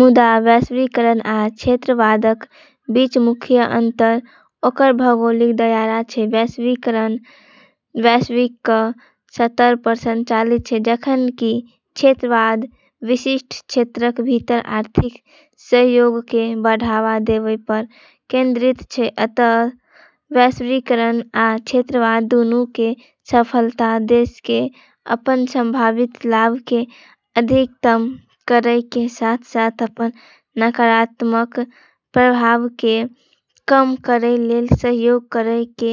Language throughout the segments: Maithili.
मुदा वैश्वीकरण आ क्षेत्रवादक बीच मुख्य अंतर ओकर भौगोलिक दायरा छै। वैश्वीकरण वैश्विक स्तर पर संचालित छै, जखन कि क्षेत्रवाद विशिष्ट क्षेत्रक भीतर आर्थिक सहयोगकें बढ़ावा देवै पर केंद्रित छै। अंततः वैश्वीकरण आ क्षेत्रवाद दूनू के सफलता देशकें अपन संभावित लाभकें अधिकतम करै के साथ-साथ अपन नकारात्मक प्रभावकें कम करै लेल सहयोग करै के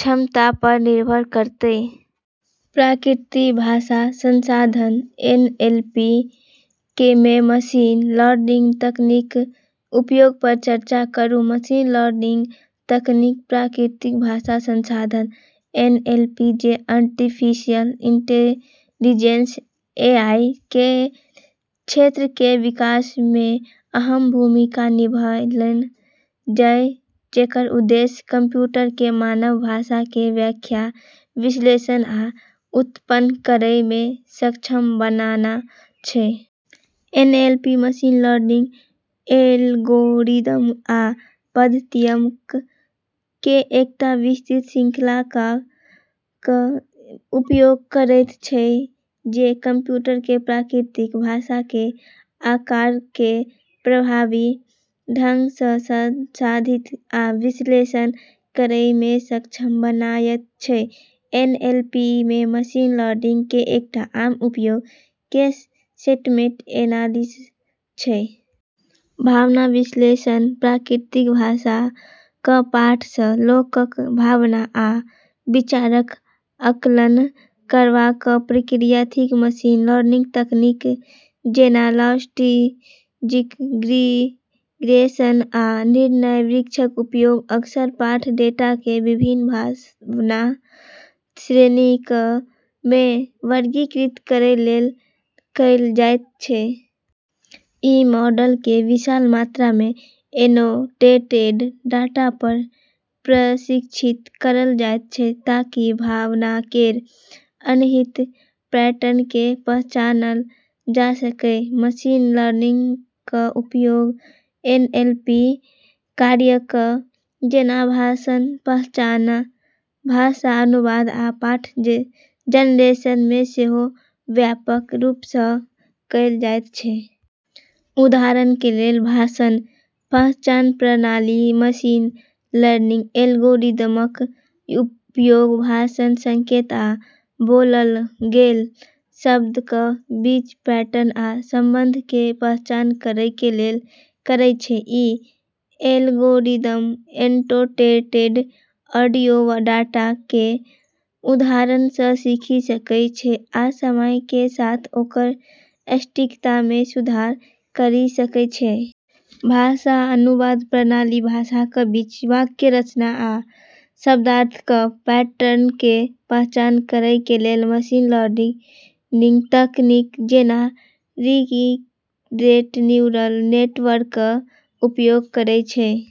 क्षमता पर निर्भर करतै। प्राकृतिक भाषा संसाधन (एनएलपी) मे मशीन लर्निंग तकनीकक उपयोग पर चर्चा करूं। मशीन लर्निंग तकनीक प्राकृतिक भाषा संसाधन (एनएलपी), जे आर्टिफिशियल इंटेलिजेंस (एआई) केर क्षेत्र के विकास मे अहम भूमिका निभैलनए छै, जेकर उद्देश्य कंप्यूटरकें मानव भाषा के व्याख्या, विश्लेषण आ उत्पन्न करै मे सक्षम बनाना छै। एनएलपी मशीन लर्निंग एल्गोरिदम आ पद्धतियक के एकटा विस्तृत श्रृंखलाक उपयोग करयत छै जे कंप्यूटरकें प्राकृतिक भाषा के आंकड़ाकें प्रभावी ढंग सं संसाधित आ विश्लेषण करय मे सक्षम बनायत छै। एनएलपी मे मशीन लर्निंग के एकटा आम उपयोग केस सेंटमेंट एनालिसिस छै। भावना विश्लेषण प्राकृतिक भाषाक पाठ सँ लोकक भावना आ विचारक आकलन करबाक प्रक्रिया थिक। मशीन लर्निंग तकनीक जेना लॉजिस्टिक रिग्रेशन आ निर्णय वृक्षक उपयोग अक्सर पाठ डेटाकें विभिन्न भावना श्रेणीक मे वर्गीकृत करै के लेल कैल जाइत छै। ई मॉडलकें विशाल मात्रा मे एनोटेटेड डाटा पर प्रशिक्षित करलऽ जाइत छै ताकि भावना केर अंतर्निहित पैटर्नकें पहचानलऽ जा सकै। मशीन लर्निंगक उपयोग एनएलपी कार्यक जेना भाषण पहचान, भाषा अनुवाद, आ पाठ जनरेशन मे सेहो व्यापक रूप सं कैल जाइत छै। उदाहरण के लेल, भाषण पहचान प्रणाली मशीन लर्निंग एल्गोरिदमक उपयोग भाषण संकेत आ बोलल गेल शब्दक बीच पैटर्न आ संबंधककें पहचान करय के लेल करै छै। ई एल्गोरिदम एनोटेटेड ऑडियो डाटा के उदाहरण सँ सीखि सकै छै आ समय के साथ ओकर सटीकता मे सुधार करि सकै छै। भाषा अनुवाद प्रणाली भाषाक बीच वाक्य रचना आ शब्दार्थ पैटर्नकें पहचान करय के लेल मशीन लर्निंग तकनीक जेना रिकरेंट न्यूरल नेटवर्कक उपयोग करै छै।